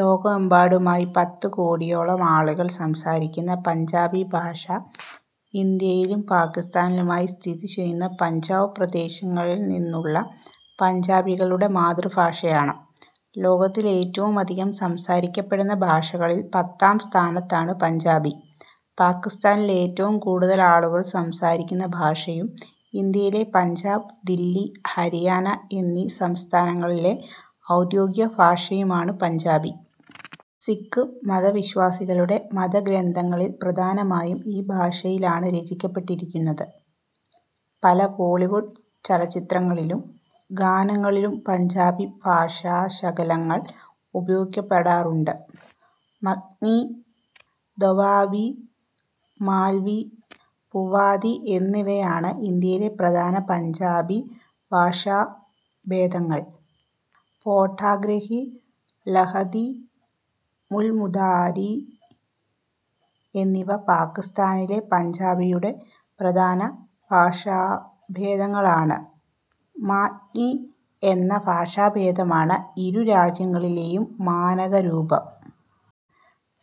ലോകമെമ്പാടുമായി പത്തുകോടിയോളം ആളുകൾ സംസാരിക്കുന്ന പഞ്ചാബി ഭാഷ ഇന്ത്യയിലും പാകിസ്താനിലുമായി സ്ഥിതിചെയ്യുന്ന പഞ്ചാബ് പ്രദേശത്തുനിന്നുള്ള പഞ്ചാബികളുടെ മാതൃഭാഷയാണ്. ലോകത്തിൽ ഏറ്റവുമധികം സംസാരിക്കപ്പെടുന്ന ഭാഷകളിൽ പത്താം സ്ഥാനത്താണ് പഞ്ചാബി. പാക്കിസ്താനിൽ ഏറ്റവും കൂടുതൽ ആളുകൾ സംസാരിക്കുന്ന ഭാഷയും ഇന്ത്യയിലെ പഞ്ചാബ്, ദില്ലി, ഹരിയാന എന്നീ സംസ്ഥാനങ്ങളിലെ ഔദ്യോഗിക ഭാഷയുമാണ് പഞ്ചാബി. സിഖ് മതവിശ്വാസികളുടെ മതഗ്രന്ഥങ്ങൾ പ്രധാനമായും ഈ ഭാഷയിലാണ് രചിക്കപ്പെട്ടിരിക്കുന്നത്. പല ബോളിവുഡ് ചലച്ചിത്രങ്ങളിലും ഗാനങ്ങളിലും പഞ്ചാബി ഭാഷാശകലങ്ങൾ ഉപയോഗിക്കപ്പെടാറുണ്ട്. മാഝി, ദോആബി, മാൽവി, പുവാധി എന്നിവയാണ് ഇന്ത്യയിലെ പ്രധാന പഞ്ചാബി ഭാഷാഭേദങ്ങൾ. പോഠോഹാരി, ലഹന്ദി, മുൽത്താനി എന്നിവ പാകിസ്താനിലെ പഞ്ചാബിയുടെ പ്രധാന ഭാഷാഭേദങ്ങളാണ്. മാഝി എന്ന ഭാഷാഭേദമാണ് ഇരു രാജ്യങ്ങളിലെയും മാനക രൂപം.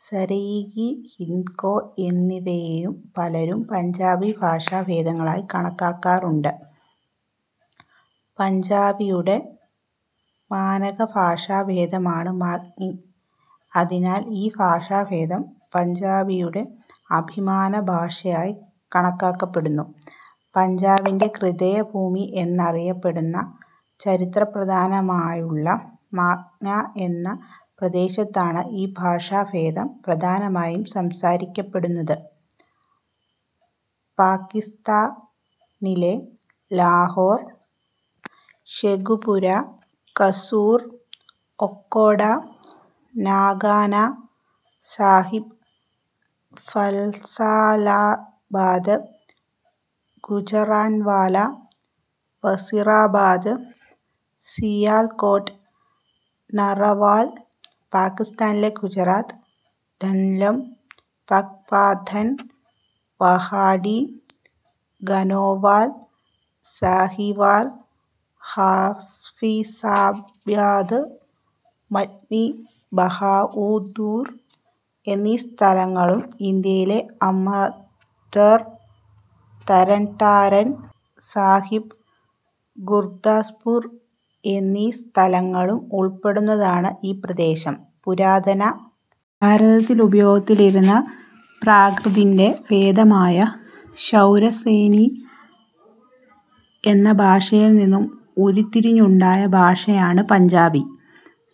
സരായികി, ഹിന്ദ്കോ എന്നിവയെയും പലരും പഞ്ചാബി ഭാഷാഭേദങ്ങളായി കണക്കാക്കുന്നുണ്ട്. പഞ്ചാബിയുടെ മാനക ഭാഷാഭേദമാണ് മാഝി. അതിനാൽ ഈ ഭാഷാഭേദം പഞ്ചാബിയുടെ അഭിമാന ഭാഷയായി കണക്കാക്കപ്പെടുന്നു. പഞ്ചാബിൻറെ ഹൃദയഭൂമി എന്നറിയപ്പെടുന്ന ചരിത്രപ്രാധാന്യമുള്ള മാഝാ എന്ന പ്രദേശത്താണ് ഈ ഭാഷാഭേദം പ്രധാനമായും സംസാരിക്കപ്പെടുന്നത്. പാകിസ്താനിലെ ലാഹോർ, ഷേഖൂപുര, കസൂർ, ഓക്കാഡ, നങ്കാനാ സാഹിബ്, ഫൈസലാബാദ്, ഗുജറാൻവാല, വസീറാബാദ്, സിയാൽകോട്ട്, നാറവാൽ, പാകിസ്താനിലെ ഗുജറാത്ത്, ഝെലം, പാക്പത്തൻ, വഹാഡി, ഖാനേവാൽ, സാഹീവാൽ, ഹാഫിസാബാദ്, മണ്ഡി ബഹാഉദ്ദീൻ എന്നീ സ്ഥലങ്ങളും ഇന്ത്യയിലെ അമൃത്സർ, തരൻതാരൻ സാഹിബ്, ഗുർദാസ്പുർ എന്നീ സ്ഥലങ്ങളും ഉൾപ്പെടുന്നതാണ് ഈ പ്രദേശം. പുരാതന ഭാരതത്തിൽ ഉപയോഗത്തിലിരുന്ന പ്രാകൃതത്തിൻറെ ഭേദമായ ശൗരസേനി എന്ന ഭാഷയിൽനിന്നും ഉരുത്തിരിഞ്ഞുണ്ടായ ഭാഷയാണ് പഞ്ചാബി.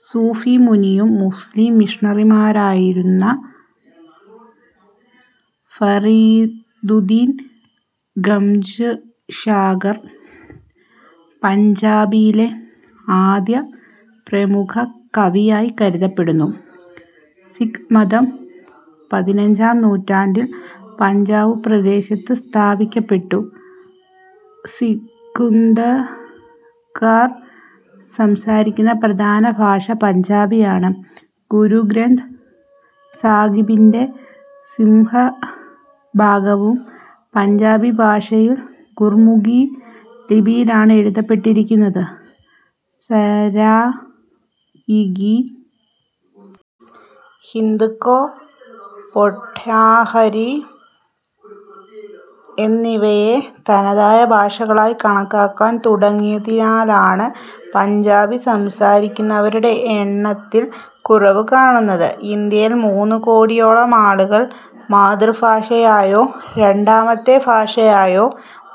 സൂഫി മുനിയും മുസ്ലിം മിഷണറിയുമായിരുന്ന ഫരീദുദ്ദീൻ ഗംജ്ശാകർ പഞ്ചാബിയിലെ ആദ്യ പ്രമുഖ കവിയായി കരുതപ്പെടുന്നു. സിഖ് മതം പതിനഞ്ചാം നൂറ്റാണ്ടിൽ പഞ്ചാബ് പ്രദേശത്ത് സ്ഥാപിക്കപ്പെട്ടു. സിഖുകാർ സംസാരിക്കുന്ന പ്രധാന ഭാഷ പഞ്ചാബിയാണ്. ഗുരു ഗ്രന്ഥ് സാഹിബിൻറെ സിംഹഭാഗവും പഞ്ചാബി ഭാഷയിൽ ഗുർമുഖി ലിപിയിലാണ് എഴുതപ്പെട്ടിരിക്കുന്നത്. സരായികി, ഹിന്ദ്കോ, പോഠോഹാരി എന്നിവയെ തനതായ ഭാഷകളായി കണക്കാക്കാൻ തുടങ്ങിയതിനാലാണ് പഞ്ചാബി സംസാരിക്കുന്നവരുടെ എണ്ണത്തിൽ കുറവു കാണുന്നത്. ഇന്ത്യയിൽ മൂന്നുകോടിയോളം ആളുകൾ മാതൃഭാഷയായോ രണ്ടാമത്തെ ഭാഷയായോ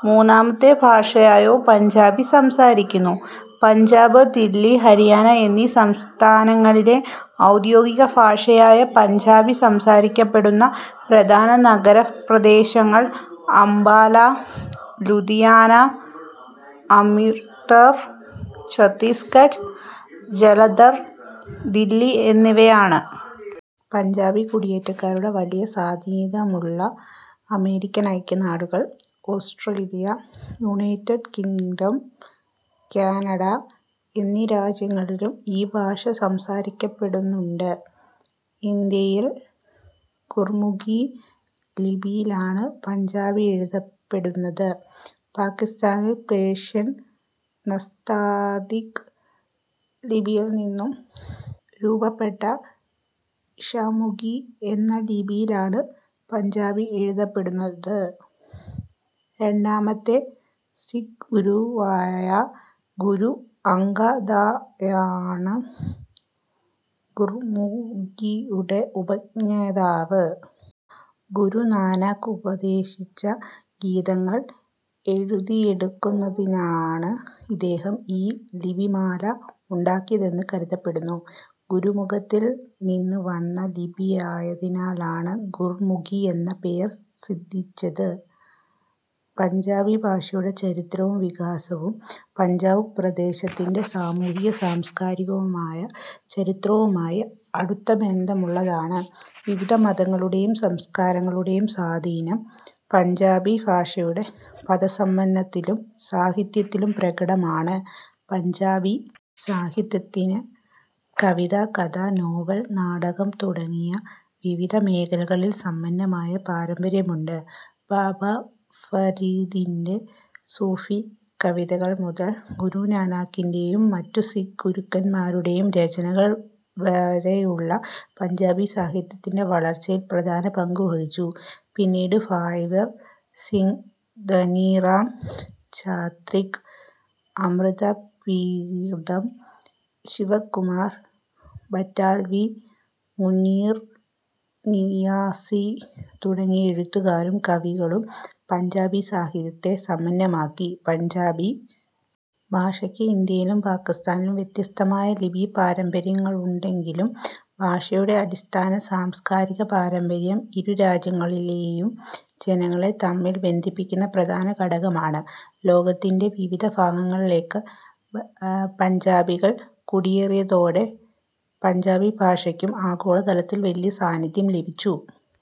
മൂന്നാമത്തെ ഭാഷയായോ പഞ്ചാബി സംസാരിക്കുന്നു. പഞ്ചാബ്, ദില്ലി, ഹരിയാന എന്നീ സംസ്ഥാനങ്ങളിലെ ഔദ്യോഗിക ഭാഷയായ പഞ്ചാബി സംസാരിക്കപ്പെടുന്ന പ്രധാന നഗരപ്രദേശങ്ങൾ അംബാല, ലുധിയാന, അമൃത്സർ, ചണ്ഡീഗഢ്, ജലന്തർ, ദില്ലി എന്നിവയാണ്. പഞ്ചാബി കുടിയേറ്റക്കാരുടെ വലിയ സാന്നിധ്യമുള്ള അമേരിക്കൻ ഐക്യനാടുകൾ, ഓസ്ട്രേലിയ, യുണൈറ്റഡ് കിങ്ഡം, കാനഡ എന്നീ രാജ്യങ്ങളിലും ഈ ഭാഷ സംസാരിക്കപ്പെടുന്നുണ്ട്. ഇന്ത്യയിൽ ഗുർമുഖി ലിപിയിലാണ് പഞ്ചാബി എഴുതപ്പെടുന്നത്. പാകിസ്താനിൽ പേർഷ്യൻ നസ്താലിക് ലിപിയിൽനിന്ന് രൂപാന്തരപ്പെട്ട ഷാമുഖി എന്ന ലിപിയിലാണ് പഞ്ചാബി എഴുതപ്പെടുന്നത്. രണ്ടാമത്തെ സിഖ് ഗുരുവായ ഗുരു അംഗദാണ് ഗുർമുഖിയുടെ ഉപജ്ഞാതാവ്. ഗുരു നാനാക്ക് ഉപദേശിച്ച ഗീതങ്ങൾ എഴുതിയെടുക്കുന്നതിനാണ് ഇദ്ദേഹം ഈ ലിപിമാല ഉണ്ടാക്കിയതെന്ന് കരുതപ്പെടുന്നു. ഗുരുമുഖത്തിൽനിന്ന് വന്ന ലിപിയായതിനാലാണ് ഗുർമുഖി എന്ന പേര് സിദ്ധിച്ചത്. പഞ്ചാബി ഭാഷയുടെ ചരിത്രവും വികാസവും പഞ്ചാബ് പ്രദേശത്തിൻറെ സാമൂഹികവും സാംസ്കാരികവുമായ ചരിത്രവുമായി അടുത്ത ബന്ധമുള്ളതാണ്. വിവിധ മതങ്ങളുടെയും സംസ്കാരങ്ങളുടെയും സ്വാധീനം പഞ്ചാബി ഭാഷയുടെ പദസമ്പത്തിലും സാഹിത്യത്തിലും പ്രകടമാണ്. പഞ്ചാബി സാഹിത്യത്തിന് കവിത, കഥ, നോവൽ, നാടകം തുടങ്ങിയ വിവിധ മേഖലകളിൽ സമ്പന്നമായ പാരമ്പര്യമുണ്ട്. ബാബാ ഫരീദിൻറെ സൂഫി കവിതകൾ മുതൽ ഗുരു നാനാക്കിൻറെ യും മറ്റു സിഖ് ഗുരുക്കന്മാരുടെയും രചനകൾ വരെയുള്ളവ പഞ്ചാബി സാഹിത്യത്തിൻറെ വളർച്ചയിൽ പ്രധാന പങ്കുവഹിച്ചു. പിന്നീട് ഭായ് വീർ സിംഗ്, ധനി റാം ചാത്രിക്, അമൃത പ്രീതം, ശിവ് കുമാർ ബറ്റാൽവി, മുനീർ നിയാസി തുടങ്ങിയ എഴുത്തുകാരും കവികളും പഞ്ചാബി സാഹിത്യത്തെ സമ്പന്നമാക്കി. പഞ്ചാബി ഭാഷയ്ക്ക് ഇന്ത്യയിലും പാകിസ്താനിലും വ്യത്യസ്തമായ ലിപിപാരമ്പര്യങ്ങളുണ്ടെങ്കിലും ഭാഷയുടെ അടിസ്ഥാന സാംസ്കാരിക പാരമ്പര്യം ഇരുരാജ്യങ്ങളിലെയും ജനങ്ങളെ തമ്മിൽ ബന്ധിപ്പിക്കുന്ന പ്രധാന ഘടകമാണ്. ലോകത്തിൻറെ വിവിധ ഭാഗങ്ങളിലേക്ക് പഞ്ചാബികൾ കുടിയേറിയതോടെ പഞ്ചാബി ഭാഷയ്ക്കും ആഗോളതലത്തിൽ വലിയ സാന്നിധ്യം ലഭിച്ചു.